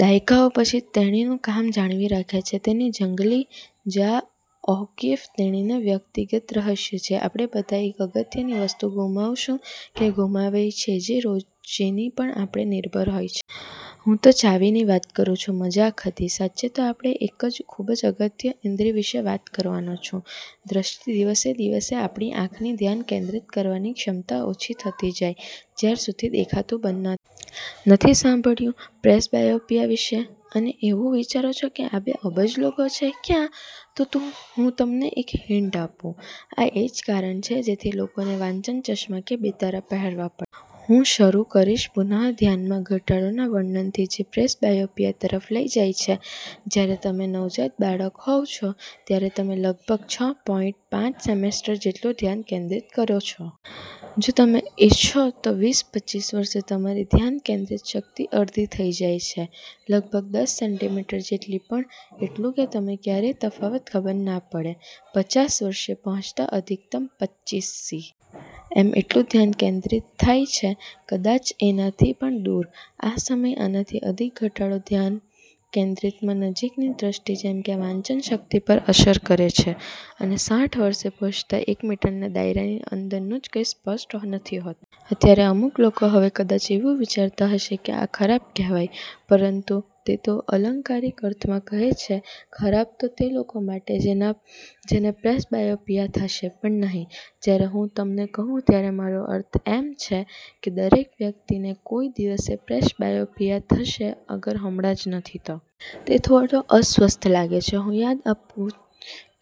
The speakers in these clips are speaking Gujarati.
દાયકાઓ પછી, તેણીનું કામ જાળવી રાખે છે તેની જંગલી —ર્જા ઓ'કિફ તેણીનો વ્યક્તિગત રહસ્ય છે. આપણે બધા એક અગત્ય ની વસ્તુ ગુમાવશું કે ઘૂમાવેયે છે જે રોજ જેની પર આપણે નિર્ભર હોય છે. હું તો ચાવી ની વાત કરું છું. મજાક હતી. સાચ્ચે તો હું આપણી એક ખુબજ અગત્ય ઈન્દ્રી વિશે વાત કરવા નો છું: દ્રષ્ટિ. દિવસે દિવસે આપણી આંખની ધ્યાન કેન્દ્રીત કરવાની ક્ષમતા ઓછી થતી જાય જ્યાર સુધી દેખાતું બંધ ન નથી સાંભળ્યું પ્રેસબાયોપીયા વિષે, અને એવું વિચારોછો કે, આ બે અબજ લોકો છે ક્યાં? " તો તો હું એક હિન્ટ આપું, આ એજ કારણ છે જે થી લોકો ને વાંચન ચશ્માં કે બેતાળાં પહેરવા પડ હું શરું કરીશ પુનઃ ધ્યાન માં ઘટાડો ના વર્ણન થી, જે પ્રેસબાયોપીયા તરફ લઇ જાય છે. જયારે તમે નવ જાત બાળક હોવ છો ત્યારે તમે લગભગ છ પોઈન્ટ પાંચ સેમીસ્ટર જેટલું ધ્યાન કેન્દ્રિત કરો છો। જો તમે ઈચ્છો તો. વિસ-પચીસ વર્ષે તમારી ધ્યાન કેન્દ્રિત શક્તિ અડધી થઇ જાયે છે. લગભગ દસ સેન્ટીમીટર જેટલી, પણ એટલું કે તમે ક્યારે તફાવત ખબર ના પડે। પચાસ વર્ષે પહોંચતા, અધિકતમ પચીસ સી। એમ. જેટલું ધ્યાન કેન્દ્રિત થઇ છે, કદાચ એના થી પણ દૂર. આ સમય આના થી અધિક ઘટાડો ધ્યાન કેન્દ્રિતમાં નજીકની દ્રષ્ટિ જેમકે વાંચન શક્તિ પર અસર કરે છે, અને સાઠ વર્ષે પહોંચતા, એક મીટરના દાયરા ની અંદર નુ કંઈ સ્પષ્ટ નથી હો અત્યારે અમુક લોકો હવે કદાચ એવું વિચારતા હશે કે આ ખરાબ કહેવાય પરંતુ તે તો અલંકારિક અર્થમાં કહે છે, ખરાબ તો તે લોકો માટે જેના જેને પ્રેસબાયોપીયા થશે. પણ નહિ, જયારે હું તમે કહું, ત્યારે મારો અર્થ એમ છે કે દરેક વ્યક્તિ ને કોઈક દિવસે પ્રેસબાયોપીયા થશે અગર હમણાં જ નથી તો. તે થોડો અસ્વસ્થ લાગે છે. હું યાદ આપુ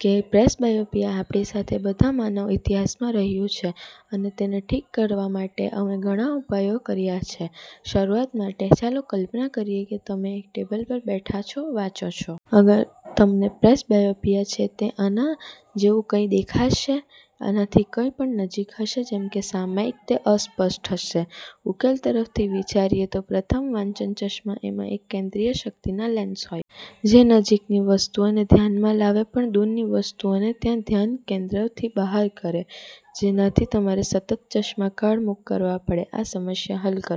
કે પ્રેસબાયોપીયા આપણી સાથે બધા માનવ ઇતિહાસ માં રહ્યુ છે, અને તેને ઠીક કરવા માટે અમે ઘણા ઉપાયો કર્યા છે. શરુવાત માટે, ચાલો કલ્પના કરીએ કે તમે એક ટેબલ પર બેઠા છો, વાંચો છો. અગર તમને પ્રેસબાયોપીયા છે, તે આના જેવું કંઈક દેખાશે. આનાથી કઈ પણ નજીક હશે, જેમ કે સામાયિક, તે અસ્પષ્ટ હશે। ઉકેલ તરફ વિચારીએ તો. પ્રથમ, વાંચન ચશ્મા। એમાં એક કેન્દ્રીય શક્તિ ના લેન્સ હોય. જે નજીક ની વસ્તુઓ ને ધ્યાન માં લાવે. પણ દૂર ની વસ્તુઓ ને ત્યાં ધ્યાન કેન્દ્ર થી બહાર કરે, જેના થી તમારે સતત ચશ્માં કાઢ મૂક કરવા પડે. આ સમસ્યા હલ કર